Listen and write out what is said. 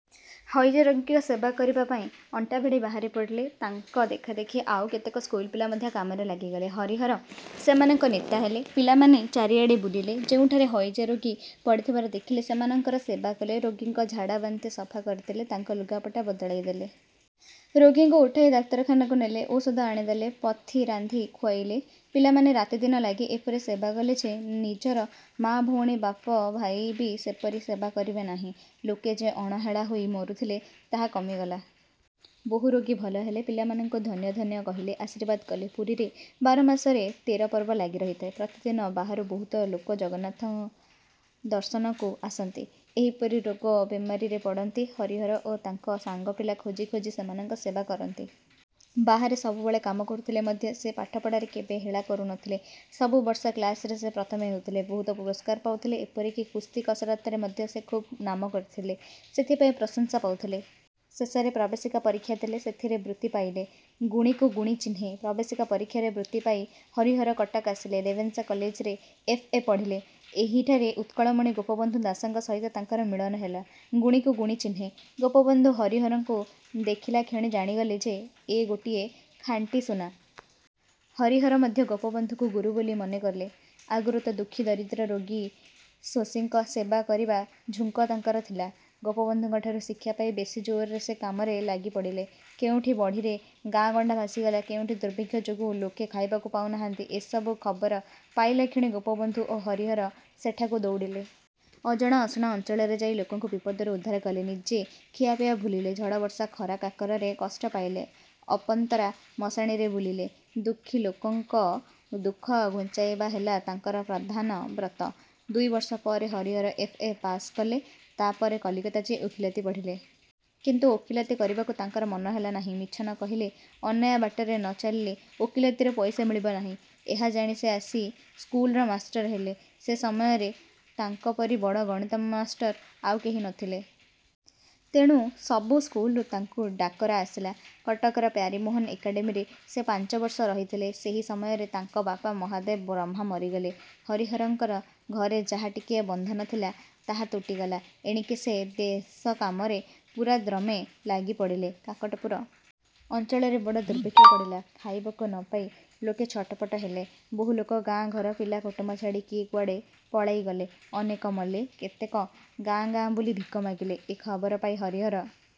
ହଇଜା ରୋଗୀଙ୍କ ସେବା କରିବା ପାଇଁ ଅଣ୍ଟାଭିଡି ବାହାରି ପଡ଼ିଲେ। ତାଙ୍କ ଦେଖାଦେଖି ଆଉ କେତେକ ସ୍କୁଲପିଲା ମଧ୍ୟ କାମରେ ଲାଗିଗଲେ। ହରିହର ସେମାନଙ୍କ ନେତା ହେଲେ। ପିଲାମାନେ ଚାରିଆଡ଼େ ବୁଲିଲେ। ଯେଉଁଠାରେ ହଇଜାରୋଗୀ ପଡ଼ିଥିବାର ଦେଖିଲେ, ସେମାନଙ୍କର ସେବା କଲେ। ରୋଗୀଙ୍କ ଝାଡ଼ାବାନ୍ତି ସଫା କରିଦେଲେ, ତାଙ୍କ ଲୁଗାପଟା ବଦଳାଇଦେଲେ। ରୋଗୀଙ୍କୁ ଉଠାଇ ଡାକ୍ତରଖାନାକୁ ନେଲେ। ଔଷଧ ଆଣି ଦେଲେ, ପଥି ରାନ୍ଧି ଖୁଆଇଲେ। ପିଲାମାନେ ରାତିଦିନ ଲାଗି ଏପରି ସେବା କଲେ ଯେ, ନିଜର ମା ଭଉଣୀ, ବାପ ଭାଇ ବି ସେପରି ସେବା କରିବେ ନାହିଁ। ଲୋକେ ଯେ ଅଣହେଳା ହୋଇ ମରୁଥିଲେ, ତାହା କମିଗଲା। ବହୁ ରୋଗୀ ଭଲ ହେଲେ। ପିଲାମାନଙ୍କୁ ଧନ୍ୟ ଧନ୍ୟ କହିଲେ, ଆଶୀର୍ବାଦ କଲେ। ପୁରୀରେ ବାର ମାସରେ ତେର ପର୍ବ ଲାଗି ରହିଥାଏ। ପ୍ରତିଦିନ ବାହାରୁ ବହୁତ ଲୋକ ଜଗନ୍ନାଥ ଦର୍ଶନକୁ ଆସନ୍ତି, ଏହିପରି ରୋଗ ବେମାରିରେ ପଡ଼ନ୍ତି। ହରିହର ଓ ତାଙ୍କ ସାଙ୍ଗ ପିଲା ଖୋଜି ଖୋଜି ସେମାନଙ୍କ ସେବା କରନ୍ତି। ବାହାରେ ସବୁବେଳେ କାମ କରୁଥିଲେ ମଧ୍ୟ ସେ ପାଠ ପଢ଼ାରେ କେବେ ହେଳା କରୁ ନ ଥିଲେ। ସବୁ ବର୍ଷ କ୍ଲାସରେ ସେ ପ୍ରଥମ ହେଉଥିଲେ। ବହୁତ ପୁରସ୍କାର ପାଉଥିଲେ। ଏପରି କି କୁସ୍ତି କସରତରେ ମଧ୍ୟ ସେ ଖୁବ୍ ନାମ କରିଥିଲେ, ସେଥିପାଇଁ ପ୍ରଶଂସା ପାଉଥିଲେ। ଶେଷରେ ପ୍ରବେଶିକା ପରୀକ୍ଷା ଦେଲେ; ସେଥିରେ ବୃତ୍ତି ପାଇଲେ। ଗୁଣୀକୁ ଗୁଣୀ ଚିହ୍ନେ—ପ୍ରବେଶିକା ପରୀକ୍ଷାରେ ବୃତ୍ତି ପାଇ ହରିହର କଟକ ଆସିଲେ। ରେଭେନ୍ସା କଲେଜରେ ଏଫ. ଏ. ପଢ଼ିଲେ। ଏହିଠାରେ ଉତ୍କଳମଣି ଗୋପବନ୍ଧୁ ଦାସଙ୍କ ସହିତ ତାଙ୍କର ମିଳନ ହେଲା। ଗୁଣୀକୁ ଗୁଣୀ ଚିହ୍ନେ। ଗୋପବନ୍ଧୁ ହରିହରଙ୍କୁ ଦେଖିଲାକ୍ଷଣି ଜାଣିଗଲେ ଯେ, ଏ ଗୋଟିଏ ଖାଣ୍ଟି ସୁନା। ହରିହର ମଧ୍ୟ ଗୋପବନ୍ଧୁଙ୍କୁ ଗୁରୁ ବୋଲି ମନେ କଲେ। ଆଗରୁ ତ ଦୁଃଖୀ ଦରିଦ୍ର, ରୋଗୀଶୋଷୀଙ୍କ ସେବା କରିବା ଝୁଙ୍କ ତାଙ୍କର ଥିଲା। ଗୋପବନ୍ଧୁଙ୍କ ଠାରୁ ଶିକ୍ଷା ପାଇ ବେଶୀ ଜୋରରେ ସେ କାମରେ ଲାଗି ପଡ଼ିଲେ। କେଉଁଠି ବଢ଼ିରେ ଗାଁ ଗଣ୍ଡା ଭାସିଗଲା, କେଉଁଠି ଦୁର୍ଭିକ୍ଷ ଯୋଗୁଁ ଲୋକେ ଖାଇବାକୁ ପାଉନାହାନ୍ତି, ଏ ସବୁ ଖବର ପାଇଲାକ୍ଷଣି ଗୋପବନ୍ଧୁ ଓ ହରିହର ସେଠାକୁ ଦଉଡ଼ିଲେ। ଅଜଣା ଅଶୁଣା ଅଞ୍ଚଳରେ ଯାଇ ଲୋକଙ୍କୁ ବିପଦରୁ ଉଦ୍ଧାର କଲେ। ନିଜେ ଖିଆପିଆ ଭୁଲିଲେ, ଝଡ଼ବର୍ଷା, ଖରାକାକରରେ କଷ୍ଟ ପାଇଲେ, ଅପନ୍ତରା ମଶାଣିରେ ବୁଲିଲେ। ଦୁଃଖୀଲୋକଙ୍କ ଦୁଃଖ ଘୁଞ୍ଚାଇବା ହେଲା ତାଙ୍କର ପ୍ରଧାନ ବ୍ରତ। ଦୁଇ ବର୍ଷ ପରେ ହରିହର ଏଫ. ଏ. ପାସ୍ କଲେ। ତା’ ପରେ କଲିକତା ଯାଇ ଓକିଲାତି ପଢ଼ିଲେ। କିନ୍ତୁ ଓକିଲାତି କରିବାକୁ ତାଙ୍କର ମନ ହେଲା ନାହିଁ। ମିଛ ନ କହିଲେ, ଅନ୍ୟାୟ ବାଟରେ ନ ଚାଲିଲେ ଓକିଲାତିରେ ପଇସା ମିଳିବ ନାହିଁ। ଏହା ଜାଣି ସେ ଆସି ସ୍କୁଲର ମାଷ୍ଟର ହେଲେ। ସେ ସମୟରେ ତାଙ୍କ ପରି ବଡ଼ ଗଣିତ ମାଷ୍ଟର ଆଉ କେହି ନ ଥିଲେ। ତେଣୁ ସବୁ ସ୍କୁଲରୁ ତାଙ୍କୁ ଡାକରା ଆସିଲା। କଟକର ପ୍ୟାରୀମୋହନ ଏକାଡେମୀରେ ସେ ପାଞ୍ଚ ବର୍ଷ ରହିଥିଲେ। ସେହି ସମୟରେ ତାଙ୍କ ବାପା ମହାଦେବ ବ୍ରହ୍ମା ମରିଗଲେ। ହରିହରଙ୍କର ଘରେ ଯାହା ଟିକିଏ ବନ୍ଧନ ଥିଲା, ତାହା ତୁଟିଗଲା। ଏଣିକି ସେ ଦେଶକାମରେ ପୁରାଦମ୍ରେ ଲାଗିପଡ଼ିଲେ। କାକଟପୁର ଅଞ୍ଚଳରେ ବଡ଼ ଦୁର୍ଭିକ୍ଷ ପଡ଼ିଲା। ଖାଇବାକୁ ନ ପାଇ ଲୋକେ ଛଟପଟ ହେଲେ। ବହୁ ଲୋକ ଗାଁ, ଘର, ପିଲା କୁଟୁମ୍ବ ଛାଡ଼ି କିଏ କୁଆଡ଼େ ପଳାଇଗଲେ। ଅନେକ ମଲେ, କେତେକ ଗାଁ ଗାଁ ବୁଲି ଭିକ ମାଗିଲେ। ଏ ଖବର ପାଇ ହରିହର...